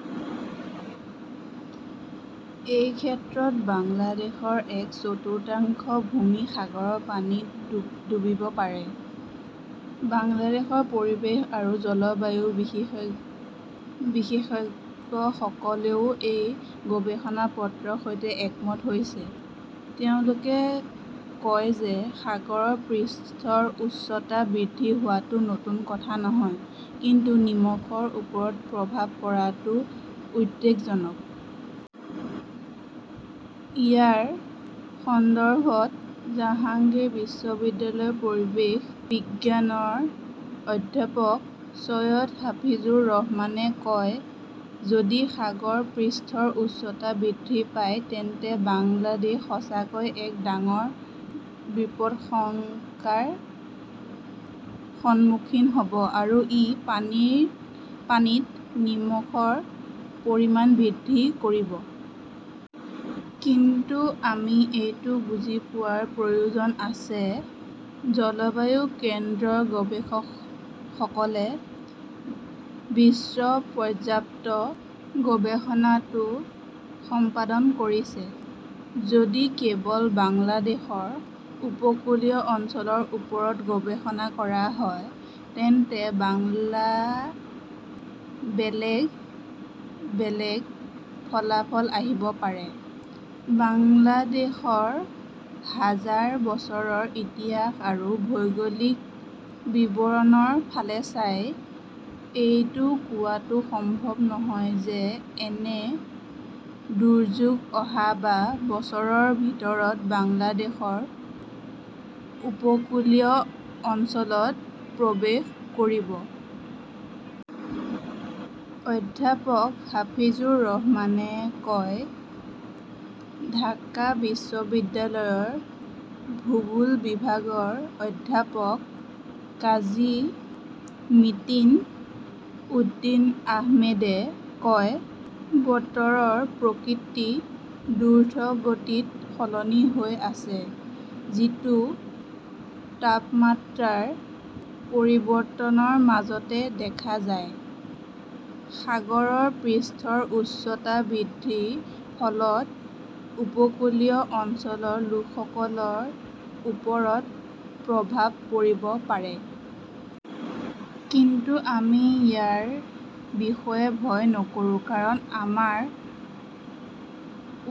এই ক্ষেত্ৰত বাংলাদেশৰ এক চতুৰ্থাংশ ভূমি সাগৰৰ পানীত ডুবিব পাৰে। বাংলাদেশৰ পৰিৱেশ আৰু জলবায়ু বিশেষজ্ঞসকলেও এই গৱেষণা পত্ৰৰ সৈতে একমত হৈছে। তেওঁলোকে কয় যে সাগৰ পৃষ্ঠৰ উচ্চতা বৃদ্ধি হোৱাটো নতুন কথা নহয় কিন্তু নিমখৰ ওপৰত প্ৰভাৱ পৰাটো উদ্বেগজনক। ইয়াৰ সন্দৰ্ভত জাহাংগীৰ বিশ্ববিদ্যালয়ৰ পৰিৱেশ বিজ্ঞানৰ অধ্যাপক চৈয়দ হাফিজুৰ ৰহমানে কয়, "যদি সাগৰ পৃষ্ঠৰ উচ্চতা বৃদ্ধি পায় তেন্তে বাংলাদেশ সঁচাকৈয়ে এক ডাঙৰ বিপদশংকাৰ সন্মুখীন হ'ব আৰু ই পানীত নিমখৰ পৰিমাণ বৃদ্ধি কৰিব। কিন্তু আমি এইটো বুজি পোৱাৰ প্ৰয়োজন আছে, জলবায়ু কেন্দ্ৰৰ গৱেষকসকলে বিশ্ব পৰ্যাপ্ত গৱেষণাটো সম্পাদন কৰিছে। যদি কেৱল বাংলাদেশৰ উপকূলীয় অঞ্চলৰ ওপৰত গৱেষণা কৰা হয়, তেন্তে বাংলা বেলেগ বেলেগ ফলাফল আহিব পাৰে। "বাংলাদেশৰ হাজাৰ বছৰৰ ইতিহাস আৰু ভৌগোলিক বিৱৰণৰ ফালে চাই, এইটো কোৱাটো সম্ভৱ নহয় যে এনে দুৰ্যোগ অহা বা বছৰৰ ভিতৰত বাংলাদেশৰ উপকূলীয় অঞ্চলত প্ৰৱেশ কৰিব।" অধ্যাপক হাফিজুৰ ৰহমানে কয়। ঢাকা বিশ্ববিদ্যালয়ৰ ভূগোল বিভাগৰ অধ্যাপক কাজী মিতিন উদ্দীন আহমেদে কয়, বতৰৰ প্ৰকৃতি দ্ৰুতগতিত সলনি হৈ আছে যিটো তাপমাত্ৰাৰ পৰিৱৰ্তনৰ মাজতে দেখা যায়। সাগৰৰ পৃষ্ঠৰ উচ্চতা বৃদ্ধিৰ ফলত উপকূলীয় অঞ্চলৰ লোকসকলৰ ওপৰত প্ৰভাৱ পৰিব পাৰে। কিন্তু আমি ইয়াৰ বিষয়ে ভয় নকৰো কাৰণ আমাৰ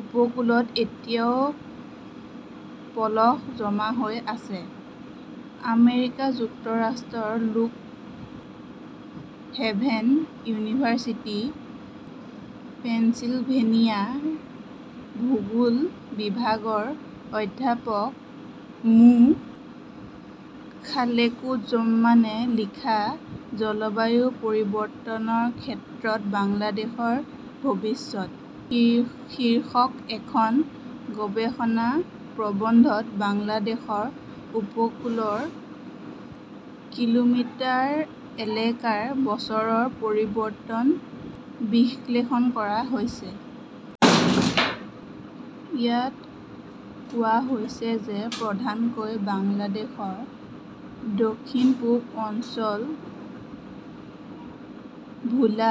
উপকূলত এতিয়াও পলস জমা হৈ আছে। "আমেৰিকা যুক্তৰাষ্ট্ৰৰ" লোক হেভেন ইউনিভাৰ্চিটি পেনচিলভেনিয়া ভূগোল বিভাগৰ অধ্যাপক মো. খালেকুজ্জমানে লিখা "জলবায়ু পৰিৱৰ্তনৰ ক্ষেত্ৰত বাংলাদেশৰ ভৱিষ্যত" শীৰ্ষক এখন গৱেষণা প্ৰবন্ধত বাংলাদেশৰ উপকূলৰ কিলোমিটাৰ এলেকাৰ বছৰৰ পৰিৱৰ্তন বিশ্লেষণ কৰা হৈছে। ইয়াত কোৱা হৈছে যে প্ৰধানকৈ বাংলাদেশৰ দক্ষিণ-পূব অঞ্চল ভোলা,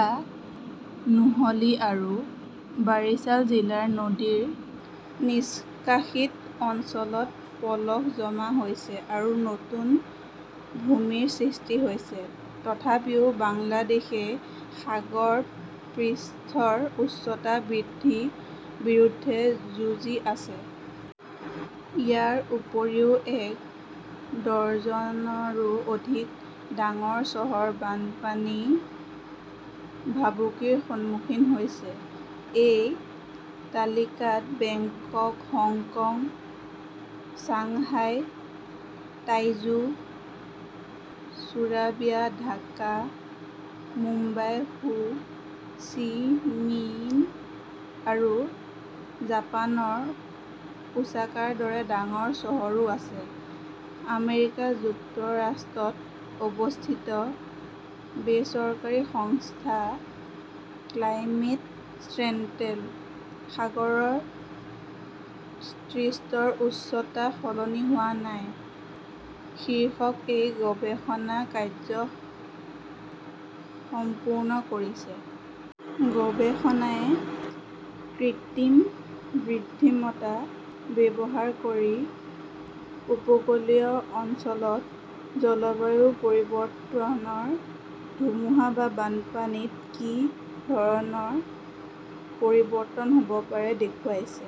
নোহলী আৰু বাৰিছাল জিলাৰ নদীৰ নিষ্কাশিত অঞ্চলত পলস জমা হৈছে আৰু নতুন ভূমিৰ সৃষ্টি হৈছে। তথাপিও বাংলাদেশে সাগৰ পৃষ্ঠৰ উচ্চতা বৃদ্ধি বিৰুদ্ধে যুঁজি আছে। ইয়াৰ উপৰিও এক ডজনৰো অধিক ডাঙৰ চহৰ বানপানীৰ ভাবুকিৰ সন্মুখীন হৈছে। এই তালিকাত Bangkok, Hong Kong, Shanghai, Taizhou, Surabaya, Dhaka, Mumbai, Ho Chi মিন আৰু জাপানৰ ওছাকাৰ দৰে ডাঙৰ চহৰো আছে। আমেৰিকা যুক্তৰাষ্ট্ৰত অৱস্থিত বেচৰকাৰী সংস্থা ক্লাইমেট চেণ্ট্ৰেল "সাগৰৰ ত্ৰিছতৰ উচ্চতা সলনি হোৱা নাই" শীৰ্ষক এই গৱেষণা কাৰ্য্য সম্পূৰ্ণ কৰিছে। গৱেষণাই কৃত্ৰিম বিদ্ধিমতা ব্যৱহাৰ কৰি উপকূলীয় অঞ্চলত জলবায়ু পৰিৱৰ্তনৰ ধুমুহা বা বানপানীত কি ধৰণৰ পৰিৱৰ্তন হ'ব পাৰে দেখুৱাইছে।